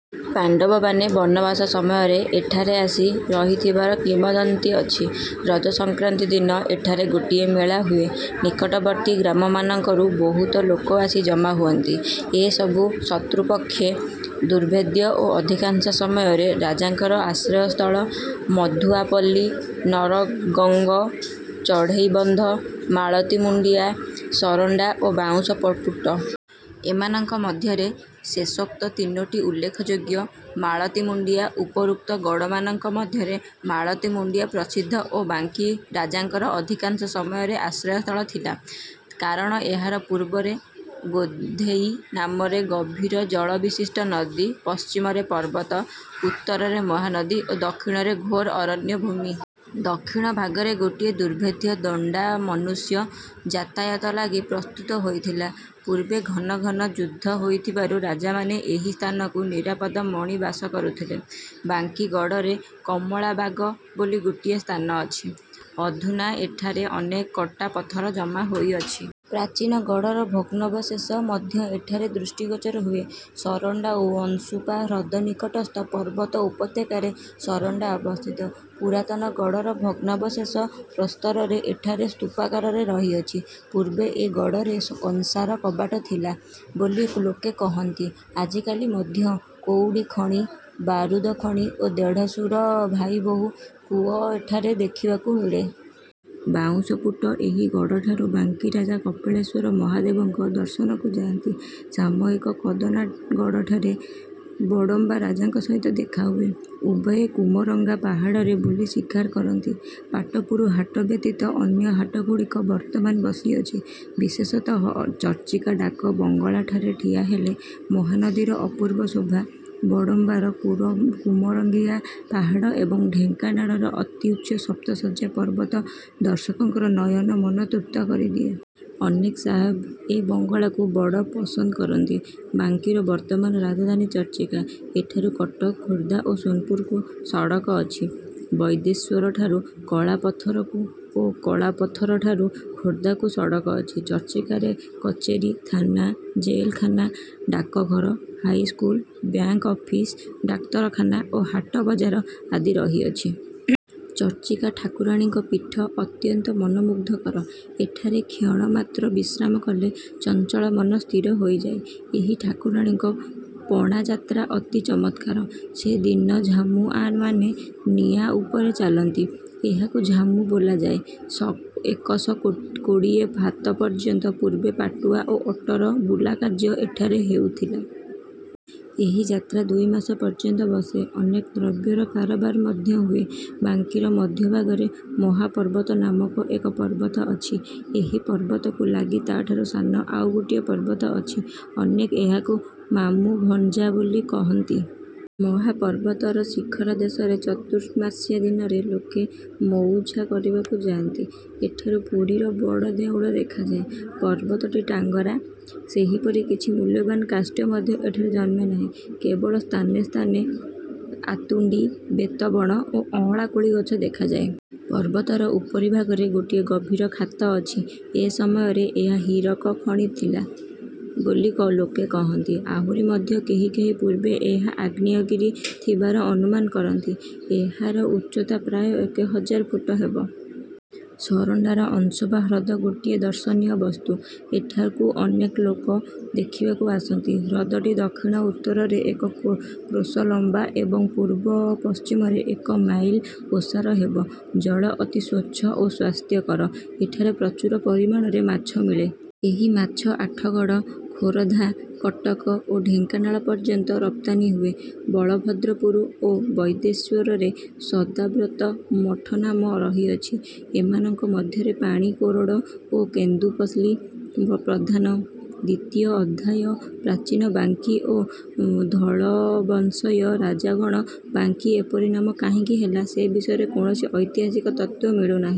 ପାଣ୍ଡବମାନେ ବନବାସ ସମୟରେ ଏଠାରେ ଆସି ରହିଥିବାର କିମ୍ବଦନ୍ତୀ ଅଛି। ରଜସଂକ୍ରାନ୍ତି ଦିନ ଏଠାରେ ଗୋଟିଏ ମେଳା ହୁଏ। ନିକଟବର୍ତ୍ତୀ ଗ୍ରାମମାନଙ୍କରୁ ବହୁତ ଲୋକ ଆସି ଜମା ହୁଅନ୍ତି। ଏ ସବୁ ଶତ୍ରୁପକ୍ଷେ ଦୁର୍ଭେଦ୍ୟ ଓ ଅଧିକାଂଶ ସମୟରେ ରାଜାଙ୍କର ଆଶ୍ରୟ ସ୍ଥଳ। ମଧୁଆ ପଲ୍ଲୀ, ନରଗାଙ୍ଗ, ଚଢ଼େଇବନ୍ଧ, ମାଳତୀ ମୁଣ୍ଡିଆ, ସରଣ୍ଡା ଓ ବାଉଁଶ ପୁଟ। ଏମାନଙ୍କ ମଧ୍ୟରେ ଶେଷୋକ୍ତ ତିନୋଟି ଉଲ୍ଲେଖଯୋଗ୍ୟ। ମାଳତୀମୁଣ୍ଡିଆ- ଉପରୋକ୍ତ ଗଡ଼ମାନଙ୍କ ମଧ୍ୟରେ ମାଳତୀ ମୁଣ୍ଡିଆ ପ୍ରସିଦ୍ଧ ଓ ବାଙ୍କୀ ରାଜାଙ୍କର ଅଧିକାଂଶ ସମୟରେ ଆଶ୍ରୟ ସ୍ଥଳ ଥିଲା; କାରଣ ଏହାର ପୂର୍ବରେ ଗୋଧେଇ ନାମରେ ଗଭୀର ଜଳବିଶିଷ୍ଟ ନଦୀ, ପଶ୍ଚିମରେ ପର୍ବତ, ଉତ୍ତରରେ ମହାନଦୀ ଓ ଦକ୍ଷିଣରେ ଘୋର ଅରଣ୍ୟଭୂମି। ଦକ୍ଷିଣ ଭାଗରେ, ଗୋଟିଏ ଦୁର୍ଭେଦ୍ୟ ଦଣ୍ଡା ମନୁଷ୍ୟ ଯାତାୟାତ ଲାଗି ପ୍ରସ୍ତୁତ ହୋଇଥିଲା। ପୂର୍ବେ ଘନ ଘନ ଯୁଦ୍ଧ ହୋଇଥିବାରୁ ରାଜାମାନେ ଏପରି ସ୍ଥାନକୁ ନିରାପଦ ମଣି ବାସ କରୁଥିଲେ। ବାଙ୍କୀ ଗଡ଼ରେ "କମଳା ବାଗ" ବୋଲି ଗୋଟିଏ ସ୍ଥାନ ଅଛି। ଅଧୁନା ସେଠାରେ ଅନେକ କଟା ପଥର ଜମା ହୋଇଅଛି। ପ୍ରାଚୀନ ଗଡ଼ର ଭଗ୍ନାବଶେଷ ମଧ୍ୟ ଏଠାରେ ଦୃଷ୍ଟିଗୋଚର ହୁଏ। ସରଣ୍ଡା- ଅଂଶୁପା ହ୍ରଦ ନିକଟସ୍ଥ ପର୍ବତ ଉପତ୍ୟକାରେ ସରଣ୍ଡା ଅବସ୍ଥିତ। ପୁରାତନ ଗଡ଼ର ଭଗ୍ନାବଶେଷ ପ୍ରସ୍ତରମାନ ଏଠାରେ ସ୍ତୂପାକାରରେ ରହିଅଛି। ପୂର୍ବେ ଏ ଗଡ଼ରେ କଂସାର କବାଟ ଥିଲା ବୋଲି ଲୋକେ କହନ୍ତି। ଆଜିକାଲି ମଧ୍ୟ କଉଡ଼ି ଖଣି, ବାରୁଦଖଣି ଓ ଦେଢ଼ଶୁର ଭାଇବୋହୂ କୂଅ ଏଠାରେ ଦେଖିବାକୁ ମିଳେ। ବାଉଁଶପୁଟ- ଏହି ଗଡ଼ଠାରୁ ବାଙ୍କୀରାଜା କପିଳେଶ୍ଵର ମହାଦେବଙ୍କ ଦର୍ଶନକୁ ଯାନ୍ତି। ସାମୟିକ କଦନା ଗଡ଼ଠାରେ ବଡ଼ମ୍ବା ରାଜାଙ୍କ ସହିତ ଦେଖା ହୁଏ। ଉଭୟେ କୁମରଙ୍ଗିଆ ପାହାଡ଼ରେ ବୁଲି ଶିକାର କରନ୍ତି। ପାଟପୁର ହାଟ ବ୍ୟତୀତ ଅନ୍ୟ ହାଟଗୁଡ଼ିକ ବର୍ତ୍ତମାନ ବସିଅଛି। ବିଶେଷତଃ ଚର୍ଚ୍ଚିକା ଡାକ ବଙ୍ଗଳାଠାରେ ଠିଆ ହେଲେ ମହାନଦୀର ଅପୂର୍ବ ଶୋଭା, ବଡ଼ମ୍ବାର କୁମରଙ୍ଗିଆ ପାହାଡ଼ ଏବଂ ଢେଙ୍କାନାଳର ଅତ୍ୟୁଚ୍ଚ ସପ୍ତଶଯ୍ୟା ପର୍ବତ ଦର୍ଶକର ନୟନମନ ତୃପ୍ତ କରିଦିଏ। ଅନେକ ସାହେବ ଏ ବଙ୍ଗଳାକୁ ବଡ଼ ପସନ୍ଦ କରନ୍ତି। ବାଙ୍କୀର ବର୍ତ୍ତମାନ ରାଜଧାନୀ ଚର୍ଚ୍ଚିକା। ଏଠାରୁ କଟକ, ଖୋର୍ଦ୍ଧା ଓ ସୋନପୁରକୁ ସଡ଼କ ଅଛି। ବୈଦ୍ୟେଶ୍ଵରଠାରୁ କଳାପଥରକୁ ଓ କଳାପଥରଠାରୁ ଖୋର୍ଦ୍ଧାକୁ ସଡ଼କ ଅଛି। ଚର୍ଚ୍ଚିକାରେ କଚେରୀ, ଥାନା, ଜେଲଖାନା, ଡାକଘର, ହାଇସ୍କୁଲ, ବ୍ୟାଙ୍କ୍ ଅଫିସ୍, ଡାକ୍ତରଖାନା ଓ ହାଟ ବଜାର ଆଦି ରହିଅଛି। ଚର୍ଚ୍ଚିକା ଠାକୁରାଣୀଙ୍କ ପୀଠ ଅତ୍ୟନ୍ତ ମନୋମୁଗ୍ଧକର। ଏଠାରେ କ୍ଷଣମାତ୍ର ବିଶ୍ରାମ କଲେ ଚଞ୍ଚଳ ମନ ସ୍ଥିର ହୋଇଯାଏ। ଏହି ଠାକୁରାଣୀଙ୍କ ପଣାଯାତ୍ରା ଅତି ଚମତ୍କାର। ସେ ଦିନ ଝାମୁଆଁମାନେ ନିଆଁ ଉପରେ ଚାଲନ୍ତି। ଏହାକୁ ଝାମୁ ବୋଲାଯାଏ। ଏକଶ କୋଡ଼ିଏ ହାତ ପର୍ଯ୍ୟନ୍ତ ପୂର୍ବେ ପାଟୁଆ ଓ ଅରଟ ବୁଲା କାର୍ଯ୍ୟ ଏଠାରେ ହେଉଥିଲା। ଏହି ଯାତ୍ରା ଦୁଇ ମାସ ପର୍ଯ୍ୟନ୍ତ ବସେ। ଅନେକ ଦ୍ରବ୍ୟର କାରବାର ମଧ୍ୟ ହୁଏ। ବାଙ୍କୀର ମଧ୍ୟଭାଗରେ ମହାପର୍ବତ ନାମକ ଏକ ପର୍ବତ ଅଛି। ଏହି ପର୍ବତକୁ ଲାଗି ତା ଠାରୁ ସାନ ଆଉ ଗୋଟିଏ ପର୍ବତ ଅଛି। ଅନେକେ ଏହାକୁ "ମାମୁ ଭଣଞ୍ଜା'' ବୋଲି କହନ୍ତି। ମହାପର୍ବତର ଶିଖର ଦେଶରେ ଚତୁର୍ମାସ୍ୟା ଦିନରେ ଲୋକେ ମଉଛା କରିବାକୁ ଯାନ୍ତି। ଏଠାକୁ ପୁରୀର ବଡ଼ ଦେଉଳ ଦେଖାଯାଏ। ପର୍ବତଟି ଟାଙ୍ଗରା। ସେପରି କିଛି ମୁଲ୍ୟବାନ୍ କାଷ୍ଠ ମଧ୍ୟ ଏଥିରେ ଜନ୍ମେ ନାହିଁ। କେବଳ ସ୍ଥାନେ ସ୍ଥାନେ ଆତୁଣ୍ଡି, ବେତ ବଣ ଓ ଅଁଳାକୋଳି ଗଛ ଦେଖାଯାଏ। ପର୍ବତର ଉପରି ଭାଗରେ ଗୋଟିଏ। ଗଭୀର ଖାତ ଅଛି। ଏକ ସମୟରେ ଏହା ହୀରକ ଖଣି ଥିଲା ବୋଲି ଲୋକେ କହନ୍ତି। ଆହୁରି ମଧ୍ୟ କେହି କେହି ପୂର୍ବେ ଏହା ଆଗ୍ନେୟଗିରି ଥିବାର ଅନୁମାନ କରନ୍ତି। ଏହାର ଉଚ୍ଚତା ପ୍ରାୟ ଏକ ହଜାର ଫୁଟ ହେବ। ସରଣ୍ଡାର ଅଂଶୁପା ହ୍ରଦ ଗୋଟିଏ ଦର୍ଶନୀୟ ବସ୍ତୁ। ଏଠାକୁ ଅନେକ ଲୋକ ଦେଖିବାକୁ ଆସନ୍ତି। ହ୍ରଦଟି ଦକ୍ଷିଣ ଉତ୍ତରରେ ଏକ କ୍ରୋଶ ଲମ୍ବା ଏବଂ ପୂର୍ବ ପଶ୍ଚିମରେ ଏକ ମାଇଲ ଓସାର ହେବ। ଜଳ ଅତି ସ୍ଵଚ୍ଛ ଓ ସ୍ଵାସ୍ଥ୍ୟକର। ଏଥିରେ ପ୍ରଚୁର ପରିମାଣରେ ମାଛ ମିଳେ। ଏହି ମାଛ ଆଠଗଡ଼, ଖୋରଧା, କଟକ ଓ ଢେଙ୍କାନାଳ ପର୍ଯ୍ୟନ୍ତ ରପ୍ତାନି ହୁଏ। ବଳଭଦ୍ରପୁର ଓ ବୈଦ୍ୟେଶ୍ଵରରେ ସଦାବ୍ରତ ମଠମାନ ରହିଅଛି। ଏମାନଙ୍କ ମଧ୍ୟରେ ପାଣିକୋରଡ଼ ଓ କେନ୍ଦୁପଲ୍ଲୀ ପ୍ରଧାନ। ଦ୍ଵିତୀୟ ଅଧ୍ୟାୟ ପ୍ରାଚୀନ ବାଙ୍କୀ ଓ ଧଳବଂଶୀୟ ରାଜାଗଣ ବାଙ୍କୀ ଏପରି ନାମ କାହିଁକି ହେଲା, ସେ ବିଷୟରେ କୌଣସି ଐତିହାସିକ ତତ୍ତ୍ଵ ମିଳୁ ନାହିଁ।